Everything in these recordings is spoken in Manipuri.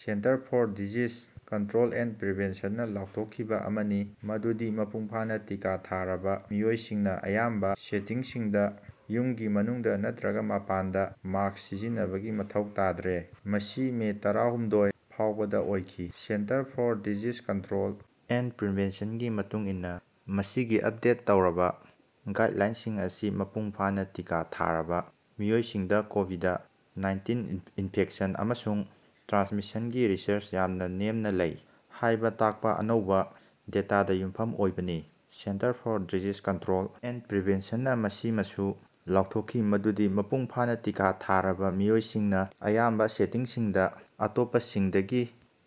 Centre for disease control and prevention ꯅꯥ ꯂꯥꯎꯊꯣꯛꯈꯤꯕ ꯑꯃꯅꯤ ꯃꯗꯨꯗꯤ ꯃꯄꯨꯡ ꯐꯥꯅ ꯇꯤꯀꯥ ꯊꯥꯔꯕ ꯃꯤꯑꯣꯏꯁꯤꯡꯅ ꯑꯌꯥꯝꯕ ꯁꯦꯇꯤꯡꯁꯤꯡꯗ ꯌꯨꯝꯒꯤ ꯃꯅꯨꯡꯗ ꯅꯠꯇꯔꯒ ꯃꯄꯥꯟꯗ ꯃꯥ꯭ꯁꯛ ꯁꯤꯖꯤꯟꯅꯕꯒꯤ ꯃꯊꯧ ꯇꯥꯗ꯭ꯔꯦ, ꯃꯁꯤ ꯃꯦ ꯇꯔꯥꯍꯨꯝꯗꯣꯏ, ꯐꯥꯎꯕꯗ ꯑꯣꯏꯈꯤ꯫ꯁꯦꯟꯇꯔ for disease control and Prevention ꯒꯤ ꯃꯇꯨꯡ ꯏꯟꯅ, ꯃꯁꯤꯒꯤ ꯑꯞꯗꯦꯠ ꯇꯧꯔꯕ ꯒꯥꯏꯗꯂꯥꯏꯟꯁꯤꯡ ꯑꯁꯤ ꯃꯄꯨꯡ ꯐꯥꯅ ꯇꯤꯀꯥ ꯊꯥꯔꯕ ꯃꯤꯑꯣꯏꯁꯤꯡꯗ ꯀꯣꯕꯤꯗ-ꯅꯥꯏꯟꯇꯤꯟ ꯏꯟꯐꯦꯛꯁꯟ ꯑꯃꯁꯨꯡ ꯇ꯭ꯔꯥꯟꯁꯃꯤꯁꯟꯒꯤ ꯔꯤꯁ꯭ꯛ ꯌꯥꯝꯅ ꯅꯦꯝꯅ ꯂꯩ ꯍꯥꯏꯕ ꯇꯥꯛꯄ ꯑꯅꯧꯕ ꯗꯦꯇꯥꯗ ꯌꯨꯝꯐꯝ ꯑꯣꯏꯕꯅꯤ꯫ Centre for disease control and prevention ꯅꯥ ꯃꯁꯤꯃꯁꯨ ꯂꯥꯎꯊꯣꯛꯈꯤ ꯃꯗꯨꯗꯤ ꯃꯄꯨꯡ ꯐꯥꯅ ꯇꯤꯀꯥ ꯊꯥꯔꯕ ꯃꯤꯑꯣꯏꯁꯤꯡꯅ ꯑꯌꯥꯝꯕ ꯁꯦꯇꯤꯡꯁꯤꯡꯗ ꯑꯇꯣꯞꯄꯁꯤꯡꯗꯒꯤ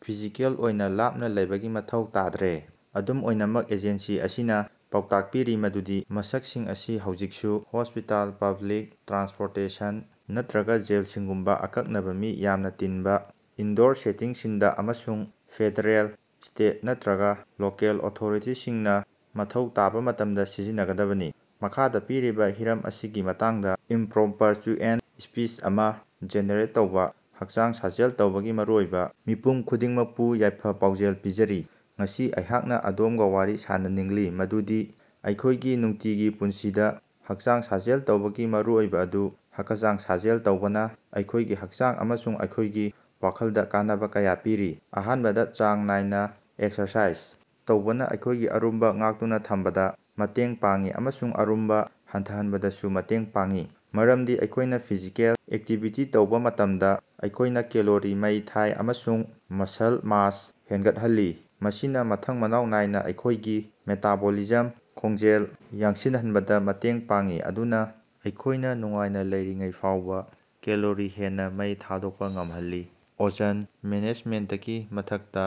ꯐꯤꯖꯤꯀꯦꯜ ꯑꯣꯏꯅ ꯂꯥꯞꯅ ꯂꯩꯕꯒꯤ ꯃꯊꯧ ꯇꯥꯗ꯭ꯔꯦ꯫ ꯑꯗꯨꯝ ꯑꯣꯏꯅꯃꯛ, ꯑꯦꯖꯦꯟꯁꯤ ꯑꯁꯤꯅ ꯄꯥꯎꯇꯥꯛ ꯄꯤꯔꯤ ꯃꯗꯨꯗꯤ ꯃꯥ꯭ꯁꯛꯁꯤꯡ ꯑꯁꯤ ꯍꯧꯖꯤꯛꯁꯨ ꯍꯣꯁꯄꯤꯇꯥꯜ, ꯄꯕ꯭ꯂꯤꯛ ꯇ꯭ꯔꯥꯟꯁꯄꯣꯔꯇꯦꯁꯟ ꯅꯠꯇꯔꯒ ꯖꯦꯜꯁꯤꯡꯒꯨꯝꯕ ꯑꯀꯛꯅꯕ ꯃꯤ ꯌꯥꯝꯅ ꯇꯤꯟꯕ ꯏꯟꯗꯣꯔ ꯁꯦꯇꯤꯡꯁꯤꯡꯗ, ꯑꯃꯁꯨꯡ ꯐꯦꯗꯔꯦꯜ, ꯁ꯭ꯇꯦꯠ ꯅꯠꯇꯔꯒ ꯂꯣꯀꯦꯜ ꯑꯣꯊꯣꯔꯤꯇꯤꯁꯤꯡꯅ ꯃꯊꯧ ꯇꯥꯕ ꯃꯇꯝꯗ ꯁꯤꯖꯤꯟꯅꯒꯗꯕꯅꯤ꯫ ꯃꯈꯥꯗ ꯄꯤꯔꯤꯕ ꯍꯤꯔꯝ ꯑꯁꯤꯒꯤ ꯃꯇꯥꯡꯗ ꯏꯝꯄ꯭ꯔꯣꯝꯄꯆꯨꯑꯦꯜ ꯁ꯭ꯄꯤꯆ ꯑꯃ ꯖꯦꯅꯦꯔꯦꯠ ꯇꯧꯕ - ꯍꯛꯆꯥꯡ ꯁꯥꯖꯦꯜ ꯇꯧꯕꯒꯤ ꯃꯔꯨꯑꯣꯏꯕ꯫ ꯃꯤꯄꯨꯝ ꯈꯨꯗꯤꯡꯃꯛꯄꯨ ꯌꯥꯏꯐ-ꯄꯥꯎꯖꯦꯜ ꯄꯤꯖꯔꯤ꯫ ꯉꯁꯤ ꯑꯩꯍꯥꯛꯅ ꯑꯗꯣꯝꯒ ꯋꯥꯔꯤ ꯁꯥꯅꯅꯤꯡꯂꯤ ꯃꯗꯨꯗꯤ ꯑꯩꯈꯣꯏꯒꯤ ꯅꯨꯡꯇꯤꯒꯤ ꯄꯨꯟꯁꯤꯗ ꯍꯛꯆꯥꯡ ꯁꯥꯖꯦꯜ ꯇꯧꯕꯒꯤ ꯃꯔꯨꯑꯣꯏꯕ ꯑꯗꯨ꯫ ꯍꯀꯆꯥꯡ ꯁꯥꯖꯦꯜ ꯇꯧꯕꯅ ꯑꯩꯈꯣꯏꯒꯤ ꯍꯛꯆꯥꯡ ꯑꯃꯁꯨꯡ ꯑꯩꯈꯣꯏꯒꯤ ꯋꯥꯈꯜꯗ ꯀꯥꯟꯅꯕ ꯀꯌꯥ ꯄꯤꯔꯤ꯫ ꯑꯍꯥꯟꯕꯗ, ꯆꯥꯡ ꯅꯥꯏꯅ ꯑꯦꯛꯁꯔꯁꯥꯏꯖ ꯇꯧꯕꯅ ꯑꯩꯈꯣꯏꯒꯤ ꯑꯔꯨꯝꯕ ꯉꯥꯛꯇꯨꯅ ꯊꯝꯕꯗ ꯃꯇꯦꯡ ꯄꯥꯡꯏ ꯑꯃꯁꯨꯡ ꯑꯔꯨꯝꯕ ꯍꯟꯊꯍꯟꯕꯗꯁꯨ ꯃꯇꯦꯡ ꯄꯥꯡꯏ꯫ ꯃꯔꯝꯗꯤ ꯑꯩꯈꯣꯏꯅ ꯐꯤꯖꯤꯀꯦꯜ ꯑꯦꯛꯇꯤꯚꯤꯇꯤ ꯇꯧꯕ ꯃꯇꯝꯗ ꯑꯩꯈꯣꯏꯅ ꯀꯦꯂꯣꯔꯤ ꯃꯩ ꯊꯥꯏ ꯑꯃꯁꯨꯡ ꯃꯁꯜ ꯃꯥꯁ ꯍꯦꯟꯒꯠꯍꯜꯂꯤ꯫ ꯃꯁꯤꯅ ꯃꯊꯪ ꯃꯅꯥꯎ ꯅꯥꯏꯅꯥ ꯑꯩꯈꯣꯏꯒꯤ ꯃꯦꯇꯥꯕꯣꯂꯤꯖꯝ ꯈꯣꯡꯖꯦꯜ ꯌꯥꯡꯁꯤꯟꯍꯟꯕꯗ ꯃꯇꯦꯡ ꯄꯥꯡꯏ, ꯃꯗꯨꯅ ꯑꯩꯈꯣꯏꯅ ꯅꯨꯡꯉꯥꯏꯅ ꯂꯩꯔꯤꯉꯩꯗ ꯐꯥꯎꯕ ꯀꯦꯂꯣꯔꯤ ꯍꯦꯟꯅ ꯃꯩ ꯊꯥꯗꯣꯛꯄ ꯉꯝꯍꯜꯂꯤ꯫ ꯑꯣꯖꯟ ꯃꯦꯅꯦꯖꯃꯦꯟꯇꯀꯤ ꯃꯊꯛꯇ,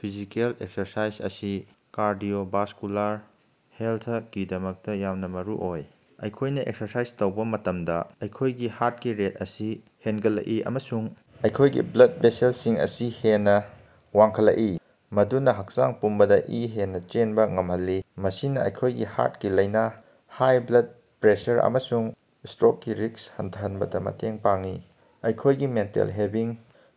ꯐꯤꯖꯤꯀꯦꯜ ꯑꯦꯛꯁꯔꯁꯥꯏꯖ ꯑꯁꯤ ꯀꯥꯔꯗꯤꯑꯣꯚꯥꯁꯀꯨꯂꯥꯔ ꯍꯦꯜꯊꯀꯤꯗꯃꯛꯇ ꯌꯥꯝꯅ ꯃꯔꯨꯑꯣꯏ꯫ ꯑꯩꯈꯣꯏꯅ ꯑꯦꯛꯁꯔꯁꯥꯏꯖ ꯇꯧꯕ ꯃꯇꯝꯗ, ꯑꯩꯈꯣꯏꯒꯤ ꯍꯥ꯭ꯔꯠꯀꯤ ꯔꯦꯠ ꯑꯁꯤ ꯍꯦꯟꯒꯠꯂꯛꯏ ꯑꯃꯁꯨꯡ ꯑꯩꯈꯣꯏꯒꯤ ꯕ꯭ꯂꯗ ꯚꯦꯁꯦꯜꯁꯤꯡ ꯑꯁꯤ ꯍꯦꯟꯅ ꯋꯥꯡꯈꯠꯂꯛꯏ, ꯃꯗꯨꯅ ꯍꯛꯆꯥꯡ ꯄꯨꯝꯕꯗ ꯏ ꯍꯦꯟꯅ ꯆꯦꯟꯕ ꯉꯝꯍꯜꯂꯤ꯫ ꯃꯁꯤꯅ ꯑꯩꯈꯣꯏꯒꯤ ꯍꯥ꯭ꯔꯠꯀꯤ ꯂꯥꯏꯅ, ꯍꯥꯏ ꯕ꯭ꯂꯗ ꯄ꯭ꯔꯦꯁꯔ ꯑꯃꯁꯨꯡ ꯁ꯭ꯇꯔꯣꯛꯀꯤ ꯔꯤꯁ꯭ꯛ ꯍꯟꯊꯍꯟꯕꯗ ꯃꯇꯦꯡ ꯄꯥꯡꯏ꯫ ꯑꯩꯈꯣꯏꯒꯤ ꯃꯦꯟꯇꯦꯜ ꯋꯦꯜꯕꯤꯡ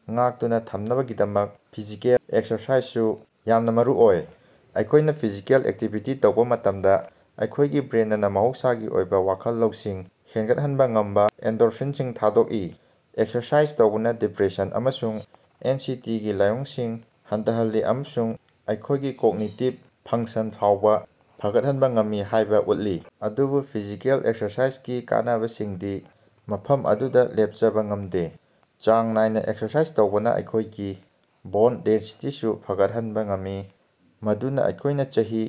ꯉꯥꯛꯇꯨꯅ ꯊꯝꯅꯕꯒꯤꯗꯃꯛ ꯐꯤꯖꯤꯀꯦꯜ ꯑꯦꯛꯁꯔꯁꯥꯏꯖꯁꯨ ꯌꯥꯝꯅ ꯃꯔꯨꯑꯣꯏ꯫ ꯑꯩꯈꯣꯏꯅ ꯐꯤꯖꯤꯀꯦꯜ ꯑꯦꯛꯇꯤꯚꯤꯇꯤ ꯇꯧꯕ ꯃꯇꯝꯗ, ꯑꯩꯈꯣꯏꯒꯤ ꯕ꯭ꯔꯦꯅꯅꯥ ꯃꯍꯧꯁꯥꯒꯤ ꯑꯣꯏꯕ ꯋꯥꯈꯜ ꯂꯧꯁꯤꯡ ꯍꯦꯟꯒꯠꯍꯟꯕ ꯉꯝꯕ ꯑꯦꯟꯗꯣꯔꯐꯤꯟꯁꯤꯡ ꯊꯥꯗꯣꯛꯏ꯫ ꯑꯦꯛꯁꯔꯁꯥꯏꯖ ꯇꯧꯕꯅ ꯗꯤꯄ꯭ꯔꯦꯁꯟ ꯑꯃꯁꯨꯡ ꯑꯦꯟꯁꯤꯇꯤꯒꯤ ꯂꯥꯏꯑꯣꯡꯁꯤꯡ ꯍꯟꯊꯍꯜꯂꯤ ꯑꯃꯁꯨꯡ ꯑꯩꯈꯣꯏꯒꯤ ꯀꯣꯒꯅꯤꯇꯤꯕ ꯐꯪꯛꯁꯟ ꯐꯥꯎꯕ ꯐꯒꯠꯍꯟꯕ ꯉꯝꯃꯤ ꯍꯥꯏꯕ ꯎꯠꯂꯤ ꯑꯗꯨꯕꯨ ꯐꯤꯖꯤꯀꯦꯜ ꯑꯦꯛꯁꯔꯁꯥꯏꯖꯒꯤ ꯀꯥꯟꯅꯕꯁꯤꯡꯗꯤ ꯃꯐꯝ ꯑꯗꯨꯗ ꯂꯦꯞꯆꯕ ꯉꯝꯗꯦ꯫ ꯆꯥꯡ ꯅꯥꯏꯅ ꯑꯦꯛꯁꯔꯁꯥꯏꯖ ꯇꯧꯕꯅ ꯑꯩꯈꯣꯏꯒꯤ ꯕꯣꯟ ꯗꯦꯟꯁꯤꯇꯤꯁꯨ ꯐꯒꯠꯍꯟꯕ ꯉꯝꯃꯤ, ꯃꯗꯨꯅ ꯑꯩꯈꯣꯏꯅ ꯆꯍꯤ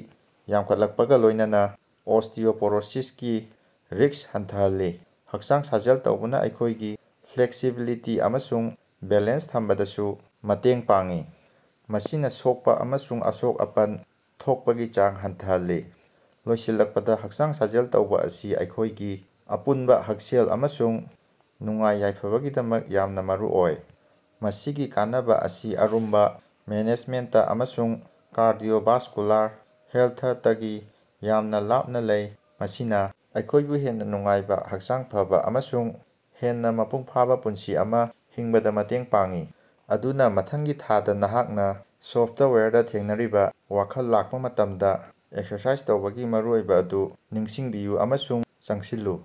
ꯌꯥꯝꯈꯠꯂꯛꯄꯒ ꯂꯣꯏꯅꯅ ꯑꯣꯁ꯭ꯇꯤꯑꯣꯄꯣꯔꯣꯁꯤꯁꯀꯤ ꯔꯤꯁ꯭ꯛ ꯍꯟꯊꯍꯜꯂꯤ꯫ ꯍꯛꯆꯥꯡ ꯁꯥꯖꯦꯜ ꯇꯧꯕꯅ ꯑꯩꯈꯣꯏꯒꯤ ꯐ꯭ꯂꯦꯛꯁꯤꯕꯤꯂꯤꯇꯤ ꯑꯃꯁꯨꯡ ꯕꯦꯂꯦꯟꯁ ꯊꯝꯕꯗꯁꯨ ꯃꯇꯦꯡ ꯄꯥꯡꯏ, ꯃꯁꯤꯅ ꯁꯣꯛꯄ ꯑꯃꯁꯨꯡ ꯑꯁꯣꯛ-ꯑꯄꯟ ꯊꯣꯛꯄꯒꯤ ꯆꯥꯡ ꯍꯟꯊꯍꯜꯂꯤ꯫ ꯂꯣꯏꯁꯤꯜꯂꯛꯄꯗ, ꯍꯛꯆꯥꯡ ꯁꯥꯖꯦꯜ ꯇꯧꯕ ꯑꯁꯤ ꯑꯩꯈꯣꯏꯒꯤ ꯑꯄꯨꯟꯕ ꯍꯛꯁꯦꯜ ꯑꯃꯁꯨꯡ ꯅꯨꯡꯉꯥꯏ-ꯌꯥꯏꯐꯕꯒꯤꯗꯃꯛ ꯌꯥꯝꯅ ꯃꯔꯨꯑꯣꯏ꯫ ꯃꯁꯤꯒꯤ ꯀꯥꯟꯅꯕꯥ ꯑꯁꯤ ꯑꯔꯨꯝꯕ ꯃꯦꯅꯦꯖꯃꯦꯟꯇ ꯑꯃꯁꯨꯡ ꯀꯥꯔꯗꯤꯑꯣꯚꯥꯁꯀꯨꯂꯥꯔ ꯍꯦꯜꯊꯇꯒꯤ ꯌꯥꯝꯅ ꯂꯥꯞꯅ ꯂꯩ, ꯃꯁꯤꯅ ꯑꯩꯈꯣꯏꯕꯨ ꯍꯦꯟꯅ ꯅꯨꯡꯉꯥꯏꯕ, ꯍꯛꯆꯥꯡ ꯐꯕꯥ ꯑꯃꯁꯨꯡ ꯍꯦꯟꯅ ꯃꯄꯨꯡ ꯐꯥꯕ ꯄꯨꯟꯁꯤ ꯑꯃ ꯍꯤꯡꯕꯗ ꯃꯇꯦꯡ ꯄꯥꯡꯏ꯫ ꯑꯗꯨꯅ, ꯃꯊꯪꯒꯤ ꯊꯥꯗ ꯅꯍꯥꯛꯅ ꯁꯣꯐ꯭ꯇꯋꯥꯌꯔꯗ ꯊꯦꯡꯅꯕꯒꯤ ꯋꯥꯈꯜ ꯂꯥꯛꯄ ꯃꯇꯝꯗ, ꯑꯦꯛꯁꯔꯁꯥꯏꯖ ꯇꯧꯕꯒꯤ ꯃꯔꯨꯑꯣꯏꯕ ꯑꯗꯨ ꯅꯤꯡꯁꯤꯡꯕꯤꯌꯨ ꯑꯃꯁꯨꯡ ꯆꯪꯁꯤꯜꯂꯨ꯫